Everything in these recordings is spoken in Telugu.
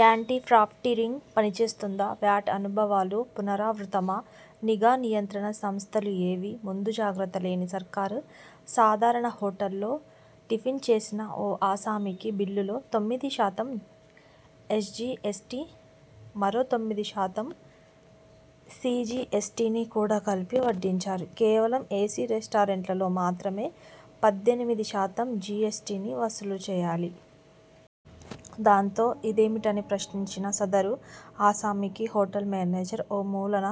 యాంటీ ప్రాఫిటీరింగ్ పని చేస్తుందా? వ్యాట్ అనుభవాలు పునరావృతమా! నిఘా, నియంత్రణ సంస్థలు ఏవీ!? ముందు జాగ్రత్త లేని సర్కార్ సాధారణ హోటల్లో టిఫిన్ చేసిన ఓ ఆసామికి బిల్లులో తొమ్మిది శాతం ఎస్జీఎస్టీ మరో తొమ్మిది శాతం సీజీఎస్టీని కూడా కలిపి వడ్డించారు. కేవలం ఏసీ రెస్టారెంట్లలో మాత్రమే పద్దెనిమిది శాతం జీఎస్టీని వసూలు చేయాలి. దాంతో, ఇదేమిటని ప్రశ్నించిన సదరు ఆసామికి హోటల్ మేనేజర్ ఓ మూలన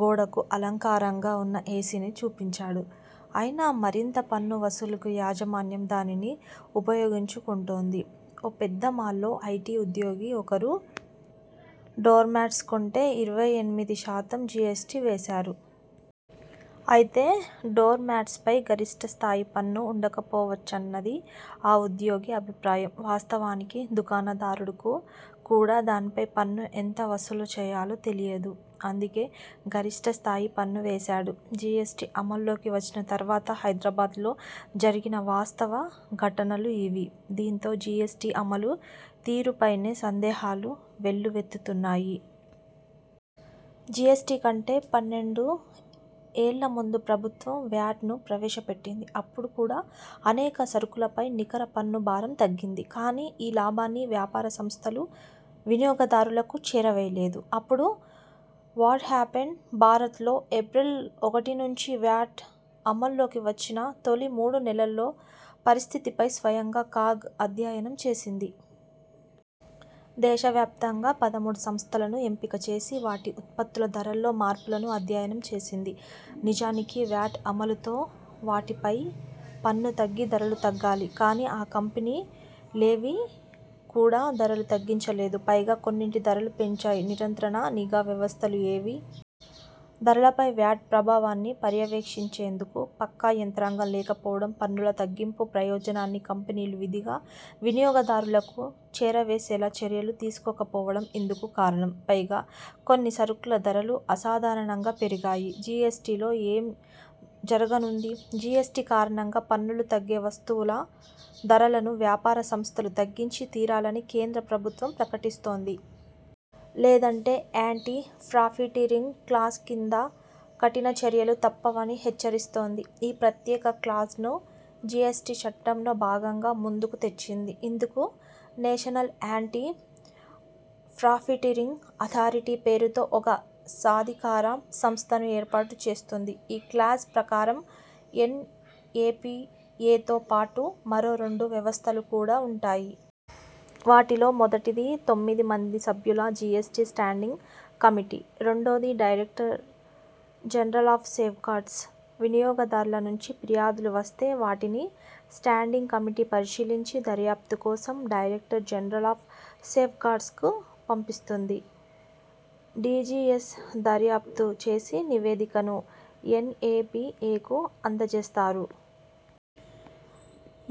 గోడకు అలంకారంగా ఉన్న ఏసీని చూపించాడు. అయినా, మరింత పన్ను వసూలుకు యాజమాన్యం దానిని ఉపయోగించుకుంటోంది. ఓ పెద్ద మాల్లో ఐటీ ఉద్యోగి ఒకరు డోర్మ్యాట్స్ కొంటే ఇరవై ఎనిమిది శాతం జీఎస్టీ వేశారు. అయితే, డోర్మ్యాట్స్పై గరిష్ఠ స్థాయి పన్ను ఉండకపోవచ్చన్నది ఆ ఉద్యోగి అభిప్రాయం. వాస్తవానికి, దుకాణదారుకు కూడా దానిపై పన్ను ఎంత వసూలు చేయాలో తెలియదు. అందుకే గరిష్ఠ స్థాయి పన్ను వేశాడు. జీఎస్టీ అమల్లోకి వచ్చిన తర్వాత హైదరాబాద్లో జరిగిన వాస్తవ ఘటనలు ఇవి. దీంతో జీఎస్టీ అమలు తీరుపైనే సందేహాలు వెల్లువెత్తుతున్నాయి. జీఎస్టీ కంటే పన్నెండుఏళ్ల ముందు ప్రభుత్వం వ్యాట్ను ప్రవేశపెట్టింది. అప్పుడు కూడా అనేక సరుకులపై నికర పన్ను భారం తగ్గింది. కానీ, ఈ లాభాన్ని వ్యాపార సంస్థలు వినియోగదారులకు చేరవేయలేదు. అప్పుడు 'వ్యాట్' హ్యాపెండ్? భారత్లో ఏప్రిల్ ఒకటి నుంచి వ్యాట్ అమల్లోకివచ్చిన తొలి మూడు నెలల్లో పరిస్థితిపై స్వయంగా కాగ్ అధ్యయనం చేసింది. దేశవ్యాప్తంగా పదమూడు సంస్థలను ఎంపిక చేసి, వాటి ఉత్పత్తుల ధరల్లో మార్పులను అధ్యయనం చేసింది. నిజానికి, వ్యాట్ అమలుతో వాటిపై పన్ను తగ్గి ధరలు తగ్గాలి. కానీ, ఆ కంపెనీ లేవీ కూడా ధరలు తగ్గించలేదు. పైగా కొన్నింటి ధరలు పెంచాయి. నియంత్రణ, నిఘా వ్యవస్థలు ఏవీ!? ధరలపై వ్యాట్ ప్రభావాన్ని పర్యవేక్షించేందుకు పక్కా యంత్రాంగం లేకపోవడం, పన్నుల తగ్గింపు ప్రయోజనాన్ని కంపెనీలు విధిగా వినియోగదారులకు చేరవేసేలా చర్యలు తీసుకోకపోవడం ఇందుకు కారణం. పైగా కొన్ని సరుకుల ధరలు అసాధారణంగా పెరిగాయి. జీఎస్టీలో ఏం జరగనుంది!? జీఎస్టీ కారణంగా పన్నులు తగ్గే వస్తువుల ధరలను వ్యాపార సంస్థలు తగ్గించి తీరాలని కేంద్ర ప్రభుత్వం ప్రకటిస్తోంది. లేదంటే, 'యాంటీ ప్రాఫిటీరింగ్' క్లాజ్ కింద కఠిన చర్యలు తప్పవని హెచ్చరిస్తోంది. ఈ ప్రత్యేక క్లాజ్ను జీఎస్టీ చట్టంలో భాగంగా ముందుకు తెచ్చింది. ఇందుకు 'నేషనల్ యాంటీ ప్రాఫిటీరింగ్ అథారిటీ' పేరుతో ఒక సాధికార సంస్థను ఏర్పాటు చేస్తుంది. ఈ క్లాజ్ ప్రకారం, ఎన్ఏపీఏతోపాటు మరో రెండు వ్యవస్థలు కూడా ఉంటాయి. వాటిలో మొదటిది తొమ్మిది మంది సభ్యుల జీఎస్టీ స్టాండింగ్ కమిటీ. రెండోది, డైరెక్టర్ జనరల్ ఆఫ్ సేఫ్గార్డ్స్. వినియోగదారుల నుంచి ఫిర్యాదులు వస్తే, వాటిని స్టాండింగ్ కమిటీ పరిశీలించి దర్యాప్తు కోసం డైరెక్టర్ జనరల్ ఆఫ్ సేఫ్గార్డ్స్కు పంపిస్తుంది. డీజీఎస్ దర్యాప్తు చేసి నివేదికను ఎన్ఏపీఏకు అందజేస్తారు.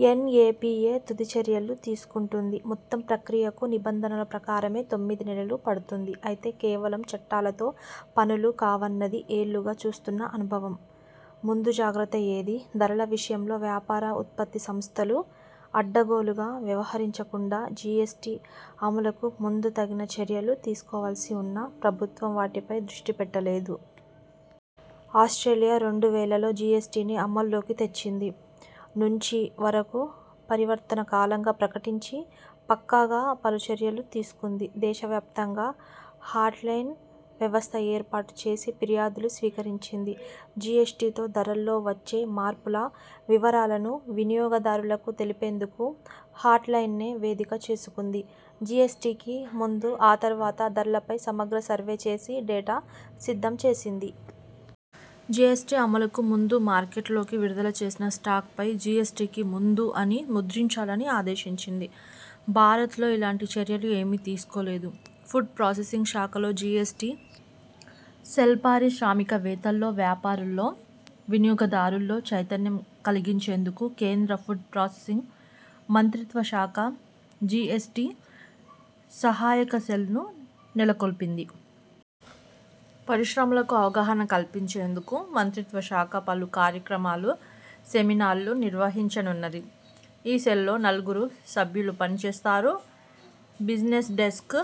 ఎన్ఏపీఏ తుది చర్యలు తీసుకుంటుంది. మొత్తం ప్రక్రియకు నిబంధనల ప్రకారమే తొమ్మిది నెలలు పడుతుంది. అయితే, కేవలం చట్టాలతో పనులు కావన్నది ఏళ్లుగా చూస్తున్న అనుభవం. ముందు జాగ్రత్త ఏదీ? ధరల విషయంలో వ్యాపార, ఉత్పత్తి సంస్థలు అడ్డగోలుగా వ్యవహరించకుండా జీఎస్టీ అమలుకు ముందే తగిన చర్యలు తీసుకోవాల్సి ఉన్నా, ప్రభుత్వం వాటిపై దృష్టి పెట్టలేదు. ఆస్ట్రేలియా రెండు వేలలో జీఎస్టీని అమల్లోకి తెచ్చింది. నుంచి వరకూ పరివర్తన కాలంగా ప్రకటించి పక్కాగా పలు చర్యలు తీసుకుంది. దేశవ్యాప్తంగా హాట్లైన్ వ్యవస్థ ఏర్పాటు చేసి ఫిర్యాదులు స్వీకరించింది. జీఎస్టీతో ధరల్లో వచ్చే మార్పుల వివరాలను వినియోగదారులకు తెలిపేందుకు హాట్లైన్నే వేదిక చేసుకుంది. జీఎస్టీకి ముందు, ఆ తర్వాత ధరలపై సమగ్ర సర్వే చేసి డేటా సిద్ధం చేసింది. జీఎస్టీ అమలుకు ముందు మార్కెట్లోకి విడుదల చేసిన స్టాక్పై 'జీఎస్టీకి ముందు' అని ముద్రించాలని ఆదేశించింది. భారత్లో ఇలాంటి చర్యలు ఏమీ తీసుకోలేదు. ఫుడ్ ప్రాసెసింగ్ శాఖలో జీఎస్టీ సెల్పారిశ్రామికవేత్తల్లో, వ్యాపారుల్లో, వినియోగదారుల్లో చైతన్యం కలిగించేందుకు కేంద్ర ఫుడ్ ప్రాసెసింగ్ మంత్రిత్వశాఖ జీఎస్టీ సహాయక సెల్ను నెలకొల్పింది. పరిశ్రమలకు అవగాహన కల్పించేందుకు మంత్రిత్వశాఖ పలు కార్యక్రమాలు, సెమినార్లు నిర్వహించనున్నది. ఈ సెల్లో నలుగురు సభ్యులు పని చేస్తారు. Business desk